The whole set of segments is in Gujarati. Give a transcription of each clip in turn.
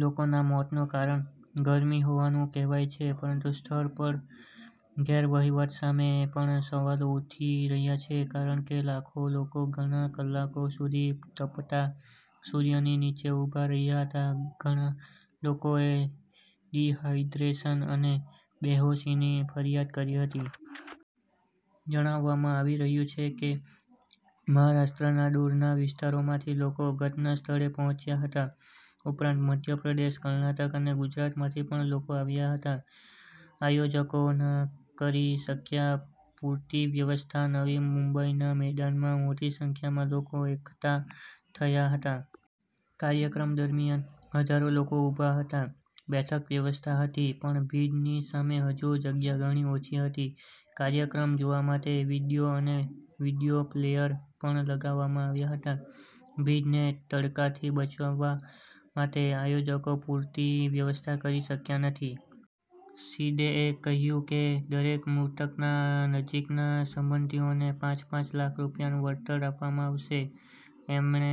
લોકોના મોતનું કારણ ગરમી હોવાનું કહેવાય છે. પરંતુ સ્થળ પર ગેરવહીવટ સામે પણ સવાલો ઉઠી રહ્યા છે. કારણ કે લાખો લોકો ઘણા કલાકો સુધી તપતા સૂર્યની નીચે ઉભા રહ્યા હતા. ઘણા લોકોએ ડિહાઇડ્રેશન અને બેહોશીની ફરિયાદ કરી હતી. જણાવવામાં આવી રહ્યું છે કે મહારાષ્ટ્રના દૂરના વિસ્તારોમાંથી લોકો ઘટનાસ્થળે પહોંચ્યા હતા. ઉપરાંત મધ્યપ્રદેશ, કર્ણાટક અને ગુજરાતમાંથી પણ લોકો આવ્યા હતા. આયોજકો ના કરી શક્યા પૂરતી વ્યવસ્થા નવી મુંબઈના મેદાનમાં મોટી સંખ્યામાં લોકો એકઠા થયા હતા. કાર્યક્રમ દરમિયાન હજારો લોકો ઉભા હતા. બેઠક વ્યવસ્થા હતી પણ ભીડની સામે હજુ જગ્યા ઘણી ઓછી હતી. કાર્યક્રમ જોવા માટે ઓડિયો અને વીડિયો પ્લેયર પણ લગાવવામાં આવ્યા હતા. ભીડને તડકાથી બચાવવા માટે આયોજકો પૂરતી વ્યવસ્થા કરી શક્યા નથી. શિંદેએ કહ્યું કે દરેક મૃતકના નજીકના સંબંધીઓને પાંચ-પાંચ લાખ રૂપિયાનું વળતર આપવામાં આવશે. તેમણે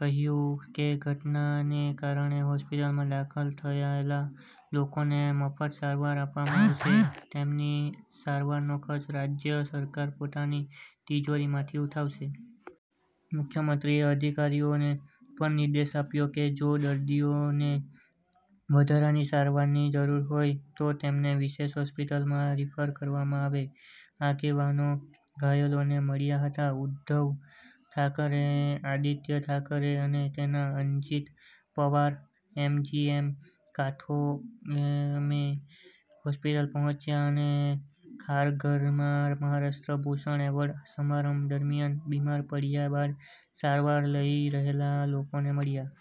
કહ્યું કેઘટનાને કારણે હોસ્પિટલમાં દાખલ થયેલા લોકોને મફત સારવાર આપવામાં આવશે. તેમની સારવારનો ખર્ચ રાજ્ય સરકાર પોતાની તિજોરીમાંથી ઉઠાવશે. મુખ્યમંત્રીએ અધિકારીઓને પણ નિર્દેશ આપ્યો કે જો દર્દીઓને વધારાની સારવારની જરૂર હોય તો તેમને વિશેષ હોસ્પિટલોમાં રીફર કરવામાં આવે. આગેવાનો ઘાયલોને મળ્યા હતા ઉદ્ધવ ઠાકરે, આદિત્ય ઠાકરે અને નેતા અજિત પવાર એમજીએમ કામોથે હોસ્પિટલ પહોંચ્યા અને ખારઘરમાં મહારાષ્ટ્ર ભૂષણ એવોર્ડ સમારંભ દરમિયાન બીમાર પડ્યા બાદ સારવાર લઈ રહેલા લોકોને મળ્યા.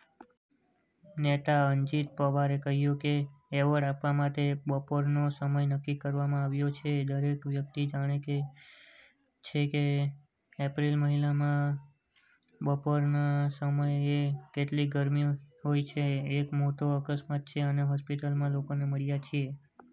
નેતા અજિત પવારે કહ્યું કે એવોર્ડ આપવા માટે બપોરનો સમય નક્કી કરવામાં આવ્યો છે. દરેક વ્યક્તિ જાણે છે કે એપ્રિલ મહિનામાં બપોરના સમયે કેટલી ગરમી હોય છે. એક મોટો અકસ્માત છે, અમે હોસ્પિટલમાં લોકોને મળ્યા છીએ.